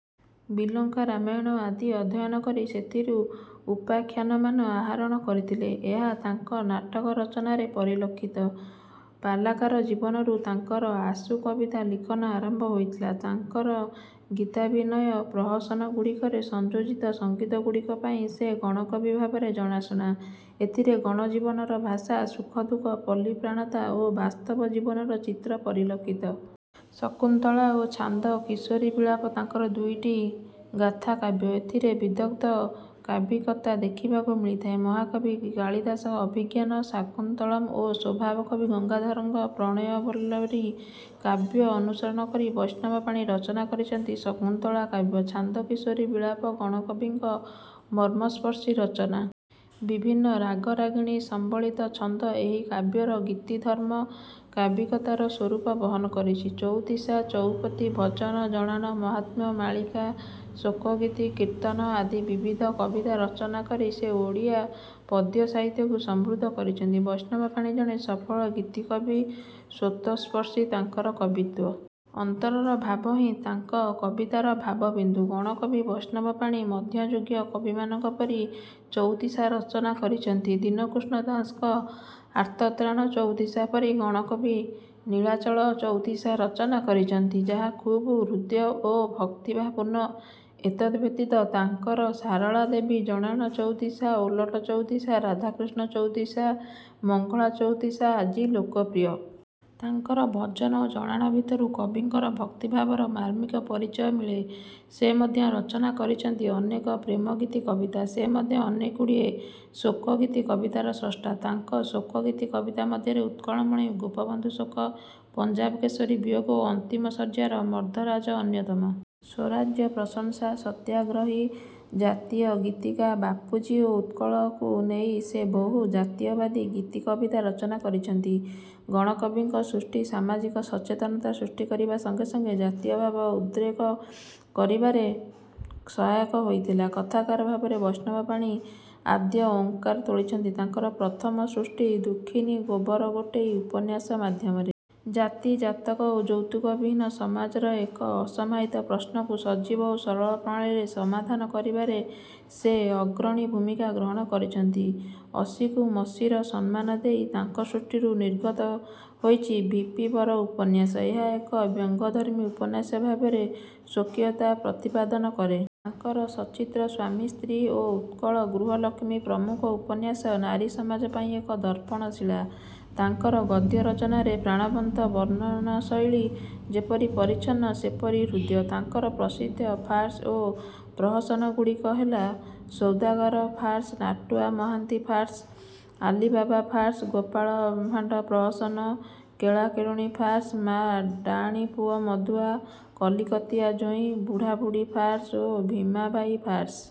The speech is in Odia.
ବିଲଙ୍କା ରାମାୟଣ ଆଦି ଅଧ୍ୟୟନ କରି ସେଥିରୁ ଉପାଖ୍ୟାନମାନ ଆହରଣ କରିଥିଲେ। ଏହା ତାଙ୍କ ନାଟକ ରଚନାରେ ପରିଲକ୍ଷିତ। ପାଲାକାର ଜୀବନରୁ ତାଙ୍କର ଆଶୁ କବିତା ଲିଖନ ଆରମ୍ଭ ହୋଇଥିଲା। ତାଙ୍କର ଗୀତାଭିନୟ ପ୍ରହସନଗୁଡ଼ିକରେ ସଂଯୋଜିତ ସଙ୍ଗୀତଗୁଡ଼ିକ ପାଇଁ ସେ ଗଣକବି ଭାବରେ ଜଣାଶୁଣା। ଏଥିରେ ଗଣଜୀବନର ଭାଷା, ସୁଖଦୁଃଖ, ପଲ୍ଲୀପ୍ରାଣତା ଓ ବାସ୍ତବ ଜୀବନର ଚିତ୍ର ପରିଲକ୍ଷିତ। ଶକୁନ୍ତଳା ଓ ଛାନ୍ଦ କିଶୋରୀ ବିଳାପ ତାଙ୍କର ଦୁଇଟି ଗାଥାକାବ୍ୟ। ଏଥିରେ ବିଦଗ୍ଧ କାବ୍ୟିକତା ଦେଖିବାକୁ ମିଳିଥାଏ। ମହାକବି କାଳିଦାସଙ୍କ 'ଅଭିଜ୍ଞାନ ଶାକୁନ୍ତଳମ୍' ଓ ସ୍ୱଭାବକବି ଗଙ୍ଗାଧରଙ୍କ 'ପ୍ରଣୟ ବଲ୍ଲରୀ' କାବ୍ୟ ଅନୁସରଣ କରି ବୈଷ୍ଣବ ପାଣି ରଚନା କରିଛନ୍ତି 'ଶକୁନ୍ତଳା' କାବ୍ୟ। 'ଛାନ୍ଦ କିଶୋରୀ ବିଳାପ' ଗଣକବିଙ୍କ ମର୍ମସ୍ପର୍ଶୀ ରଚନା। ବିଭିନ୍ନ ରାଗରାଗିଣୀ ସମ୍ବଳିତ ଛନ୍ଦ ଏହି କାବ୍ୟର ଗୀତିଧର୍ମ କାବ୍ୟିକତାର ସ୍ୱରୂପ ବହନ କରିଛି। ଚଉତିଶା, ଚଉପଦୀ, ଭଜନ, ଜଣାଣ, ମାହାତ୍ମ୍ୟ, ମାଳିକା, ଶୋକଗୀତି, କୀର୍ତ୍ତନ ଆଦି ବିବିଧ କବିତା ରଚନା କରି ସେ ଓଡ଼ିଆ ପଦ୍ୟ ସାହିତ୍ୟକୁ ସମୃଦ୍ଧ କରିଛନ୍ତି। ବୈଷ୍ଣବ ପାଣି ଜଣେ ସଫଳ ଗୀତିକବି, ସ୍ୱତଃସ୍ପଶୀ ତାଙ୍କର କବିତ୍ୱ। ଅନ୍ତରର ଭାବ ହିଁ ତାଙ୍କ କବିତାର ଭାବବିନ୍ଦୁ। ଗଣକବି ବୈଷ୍ଣବ ପାଣି ମଧ୍ୟଯୁଗୀୟ କବିମାନଙ୍କ ପରି ଚଉତିଶା ରଚନା କରିଛନ୍ତି। ଦୀନକୃଷ୍ଣ ଦାସଙ୍କ 'ଆର୍ତ୍ତତ୍ରାଣ ଚଉତିଶା' ପରି ଗଣକବି 'ନୀଳାଚଳ ଚଉତିଶା' ରଚନା କରିଛନ୍ତି, ଯାହା ଖୁବ୍ ହୃଦ୍ୟ ଓ ଭକ୍ତିଭାବପୂର୍ଣ୍ଣ। ଏତଦ୍ ବ୍ୟତୀତ ତାଙ୍କର ସାରଳା ଦେବୀ ଜଣାଣ ଚଉତିଶା, ଓଲଟ ଚଉତିଶା, ରାଧାକୃଷ୍ଣ ଚଉତିଶା, ମଙ୍ଗଳା ଚଉତିଶା ଆଦି ଲୋକପ୍ରିୟ। ତାଙ୍କର ଭଜନ ଓ ଜଣାଣ ଭିତରୁ କବିଙ୍କର ଭକ୍ତିଭାବର ମାର୍ମିକ ପରିଚୟ ମିଳେ। ସେ ମଧ୍ୟ ରଚନା କରିଛନ୍ତି ଅନେକ ପ୍ରେମଗୀତି କବିତା। ସେ ମଧ୍ୟ ଅନେକ ଗୁଡ଼ିଏ ଶୋକଗୀତି କବିତାର ସ୍ରଷ୍ଟା। ତାଙ୍କ ଶୋକଗୀତି କବିତା ମଧ୍ୟରେ 'ଉତ୍କଳମଣି ଗୋପବନ୍ଧୁ ଶୋକ', 'ପଞ୍ଜାବ କେଶରୀ ବିୟୋଗ' ଓ 'ଅନ୍ତିମ ଶଯ୍ୟାରେ ମର୍ଦ୍ଦରାଜ' ଅନ୍ୟତମ। ସ୍ୱରାଜ୍ୟ ପ୍ରଶଂସା, ସତ୍ୟାଗ୍ରହୀ, ଜାତୀୟ ଗୀତିକା, ବାପୁଜୀ ଓ ଉତ୍କଳକୁ ନେଇ ସେ ବହୁ ଜାତୀୟବାଦୀ ଗୀତିକବିତା ରଚନା କରିଛନ୍ତି। ଗଣକବିଙ୍କ ସୃଷ୍ଟି ସାମାଜିକ ସଚେତନତା ସୃଷ୍ଟି କରିବା ସଙ୍ଗେ ସଙ୍ଗେ ଜାତୀୟଭାବ ଉଦ୍ରେକ କରିବାରେ ସହାୟକ ହୋଇଥିଲା। କଥାକାର ଭାବରେ ବୈଷ୍ଣବ ପାଣି ଆଦ୍ୟ ଓଁକାର ତୋଳିଛନ୍ତି ତାଙ୍କର ପ୍ରଥମ ସୃଷ୍ଟି 'ଦୁଃଖିନୀ ଗୋବର ଗୋଟେଇ' ଉପନ୍ୟାସ ମାଧ୍ୟମରେ। ଜାତି, ଜାତକ ଓ ଯୌତୁକ ବିହୀନ ସମାଜର ଏକ ଅସମାହିତ ପ୍ରଶ୍ନକୁ ସଜୀବ ଓ ସରଳ ପ୍ରଣାଳୀରେ ସମାଧାନ କରିବାରେ ସେ ଅଗ୍ରଣୀ ଭୂମିକା ଗ୍ରହଣ କରିଛନ୍ତି। ଅସୀକୁ ମସୀର ସମ୍ମାନ ଦେଇ ତାଙ୍କ ସୃଷ୍ଟିରୁ ନିର୍ଗତ ହୋଇଛି 'ଭି. ପି. ବର' ଉପନ୍ୟାସ। ଏହା ଏକ ବ୍ୟଙ୍ଗଧର୍ମୀ ଉପନ୍ୟାସ ଭାବରେ ସ୍ୱକୀୟତା ପ୍ରତିପାଦନ କରେ। ତାଙ୍କର 'ସଚିତ୍ର ସ୍ୱାମୀ ସ୍ତ୍ରୀ' ଓ 'ଉତ୍କଳ ଗୃହଲକ୍ଷ୍ମୀ' ପ୍ରମୁଖ ଉପନ୍ୟାସ ନାରୀସମାଜ ପାଇଁ ଏକ ଦର୍ପଣ ଶିଳା। ତାଙ୍କର ଗଦ୍ୟ ରଚନାରେ ପ୍ରାଣବନ୍ତ ବର୍ଣ୍ଣନାଶୈଳୀ ଯେପରି ପରିଚ୍ଛନ୍ନ, ସେପରି ହୃଦ୍ୟ। ତାଙ୍କର ପ୍ରସିଦ୍ଧ ଫାର୍ସ ଓ ପ୍ରହସନଗୁଡ଼ିକ ହେଲା Saudagar farce, Natua Mohanty farce, Ali Baba farce, Gopalbhanda ପ୍ରହସନ, କେଳାକେଳୁଣୀ ଫାର୍ସ, ମା' ଡାଆଣୀ ପୁଅ ମଦୁଆ, କଲିକତିଆ ଜୋଇଁ, ବୁଢ଼ାବୁଢ଼ୀ ଫାର୍ସ ଓ ଭୀମାବାଇ ଫାର୍ସ।